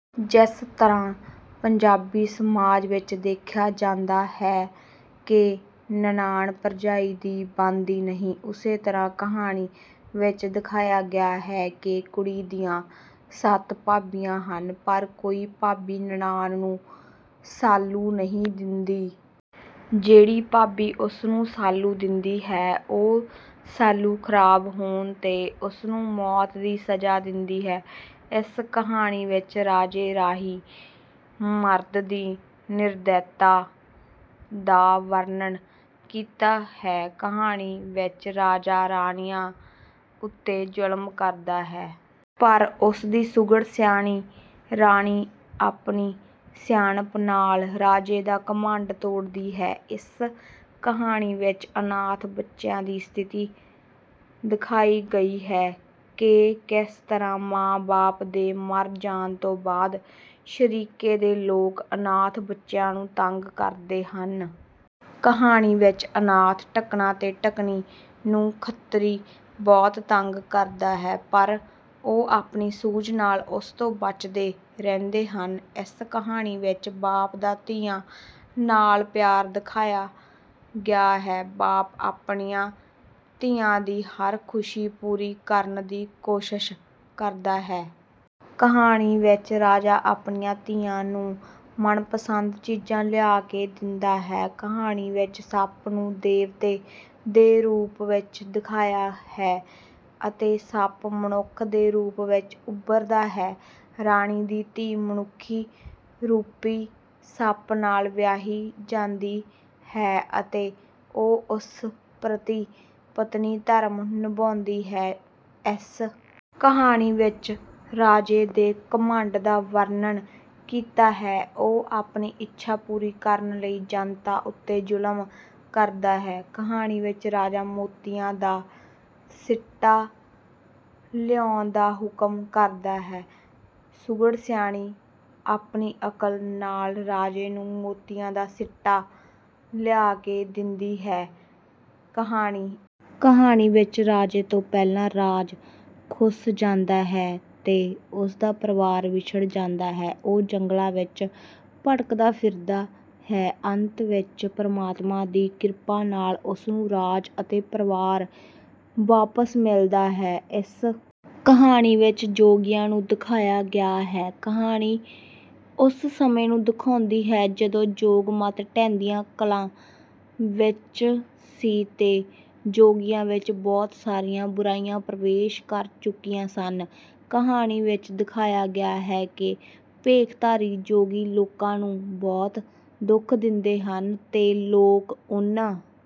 ਜਿਸ ਤਰ੍ਹਾਂ ਪੰਜਾਬੀ ਸਮਾਜ ਵਿਚ ਦੇਖਿਆ ਜਾਂਦਾ ਹੈ ਕਿ ਨਨਾਣ-ਭਰਜਾਈ ਦੀ ਬਣਦੀ ਨਹੀਂ, ਉਸੇ ਤਰ੍ਹਾਂ ਕਹਾਣੀ ਵਿਚ ਦਿਖਾਇਆ ਗਿਆ ਹੈ ਕਿ ਕੁੜੀ ਦੀਆਂ ਸੱਤ ਭਾਬੀਆਂ ਹਨ। ਪਰ ਕੋਈ ਭਾਬੀ ਨਨਾਣ ਨੂੰ ਸਾਲੂ ਨਹੀਂ ਦਿੰਦੀ। ਜਿਹੜੀ ਭਾਬੀ ਉਸਨੂੰ ਸਾਲੂ ਦਿੰਦੀ ਹੈ, ਉਹ ਸਾਲੂ ਖ਼ਰਾਬ ਹੋਣ ’ਤੇ ਉਸਨੂੰ ਮੌਤ ਦੀ ਸਜ਼ਾ ਦਿੰਦੀ ਹੈ। ਇਸ ਕਹਾਣੀ ਵਿਚ ਰਾਜੇ ਰਾਹੀਂ ਮਰਦ ਦੀ ਨਿਰਦੈਤਾ ਦਾ ਵਰਣਨ ਕੀਤਾ ਹੈ। ਕਹਾਣੀ ਵਿਚ ਰਾਜਾ ਰਾਣੀਆਂ ਉੱਤੇ ਜ਼ੁਲਮ ਕਰਦਾ ਹੈ। ਪਰ ਉਸਦੀ ਸੁਘੜ-ਸਿਆਣੀ ਰਾਣੀ ਆਪਣੀ ਸਿਆਣਪ ਨਾਲ ਰਾਜੇ ਦਾ ਘਮੰਡ ਤੋੜਦੀ ਹੈ। ਇਸ ਕਹਾਣੀ ਵਿਚ ਅਨਾਥ ਬੱਚਿਆਂ ਦੀ ਸਥਿਤੀ ਦਿਖਾਈ ਗਈ ਹੈ ਕਿ ਕਿਸ ਤਰ੍ਹਾਂ ਮਾਂ-ਬਾਪ ਦੇ ਮਰ ਜਾਣ ਤੋਂ ਬਾਅਦ ਸ਼ਰੀਕੇ ਦੇ ਲੋਕ ਅਨਾਥ ਬੱਚਿਆਂ ਨੂੰ ਤੰਗ ਕਰਦੇ ਹਨ। ਕਹਾਣੀ ਵਿਚ ਅਨਾਥ ਢੱਕਣਾ ਤੇ ਢੱਕਣੀ ਨੂੰ ਖੱਤਰੀ ਬਹੁਤ ਤੰਗ ਕਰਦਾ ਹੈ। ਪਰ ਉਹ ਆਪਣੀ ਸੂਝ ਨਾਲ ਉਸ ਤੋਂ ਬਚਦੇ ਰਹਿੰਦੇ ਹਨ। ਇਸ ਕਹਾਣੀ ਵਿਚ ਬਾਪ ਦਾ ਧੀਆਂ ਨਾਲ ਪਿਆਰ ਦਿਖਾਇਆ ਗਿਆ ਹੈ। ਬਾਪ ਆਪਣੀਆਂ ਧੀਆਂ ਦੀ ਹਰ ਖੁਸ਼ੀ ਪੂਰੀ ਕਰਨ ਦੀ ਕੋਸ਼ਿਸ਼ ਕਰਦਾ ਹੈ। ਕਹਾਣੀ ਵਿਚ ਰਾਜਾ ਆਪਣੀਆਂ ਧੀਆਂ ਨੂੰ ਮਨਪਸੰਦ ਚੀਜ਼ਾਂ ਲਿਆ ਕੇ ਦਿੰਦਾ ਹੈ। ਕਹਾਣੀ ਵਿਚ ਸੱਪ ਨੂੰ ਦੇਵਤੇ ਦੇ ਰੂਪ ਵਿਚ ਦਿਖਾਇਆ ਹੈ ਅਤੇ ਸੱਪ ਮਨੁੱਖ ਦੇ ਰੂਪ ਵਿਚ ਉਭਰਦਾ ਹੈ। ਰਾਣੀ ਦੀ ਧੀ ਮਨੁੱਖੀ ਰੂਪੀ ਸੱਪ ਨਾਲ ਵਿਆਹੀ ਜਾਂਦੀ ਹੈ ਅਤੇ ਉਹ ਉਸ ਪ੍ਰਤੀ ਪਤਨੀ ਧਰਮ ਨਿਭਾਉਂਦੀ ਹੈ। ਇਸ ਕਹਾਣੀ ਵਿਚ ਰਾਜੇ ਦੇ ਘਮੰਡ ਦਾ ਵਰਣਨ ਕੀਤਾ ਹੈ। ਉਹ ਆਪਣੀ ਇੱਛਾ ਪੂਰੀ ਕਰਨ ਲਈ ਜਨਤਾ ਉੱਤੇ ਜ਼ੁਲਮ ਕਰਦਾ ਹੈ। ਕਹਾਣੀ ਵਿਚ ਰਾਜਾ ਮੋਤੀਆਂ ਦਾ ਸਿੱਟਾ ਲਿਆਉਣ ਦਾ ਹੁਕਮ ਕਰਦਾ ਹੈ। ਸੁਘੜ-ਸਿਆਣੀ ਆਪਣੀ ਅਕਲ ਨਾਲ ਰਾਜੇ ਨੂੰ ਮੋਤੀਆਂ ਦਾ ਸਿੱਟਾ ਲਿਆ ਕੇ ਦਿੰਦੀ ਹੈ। ਕਹਾਣੀ ਕਹਾਣੀ ਵਿਚ ਰਾਜੇ ਤੋਂ ਪਹਿਲਾਂ ਰਾਜ ਖੁੱਸ ਜਾਂਦਾ ਹੈ ਤੇ ਉਸਦਾ ਪਰਿਵਾਰ ਵਿਛੜ ਜਾਂਦਾ ਹੈ। ਉਹ ਜੰਗਲਾਂ ਵਿਚ ਭਟਕਦਾ ਫਿਰਦਾ ਹੈ। ਅੰਤ ਵਿਚ ਪਰਮਾਤਮਾ ਦੀ ਕਿਰਪਾ ਨਾਲ ਉਸਨੂੰ ਰਾਜ ਅਤੇ ਪਰਿਵਾਰ ਵਾਪਸ ਮਿਲਦਾ ਹੈ। ਇਸ ਕਹਾਣੀ ਵਿਚ ਜੋਗੀਆਂ ਨੂੰ ਦਿਖਾਇਆ ਗਿਆ ਹੈ। ਕਹਾਣੀ ਉਸ ਸਮੇਂ ਨੂੰ ਦਿਖਾਉਂਦੀ ਹੈ ਜਦੋਂ ਜੋਗ ਮਤ ਢਹਿੰਦੀਆਂ ਕਲਾਂ ਵਿਚ ਸੀ ਤੇ ਜੋਗੀਆਂ ਵਿਚ ਬਹੁਤ ਸਾਰੀਆਂ ਬੁਰਾਈਆਂ ਪ੍ਰਵੇਸ਼ ਕਰ ਚੁੱਕੀਆਂ ਸਨ। ਕਹਾਣੀ ਵਿਚ ਦਿਖਾਇਆ ਗਿਆ ਹੈ ਕਿ ਭੇਖਧਾਰੀ ਜੋਗੀ ਲੋਕਾਂ ਨੂੰ ਬਹੁਤ ਦੁੱਖ ਦਿੰਦੇ ਹਨ ਤੇ ਲੋਕ ਉਨ੍ਹਾਂ...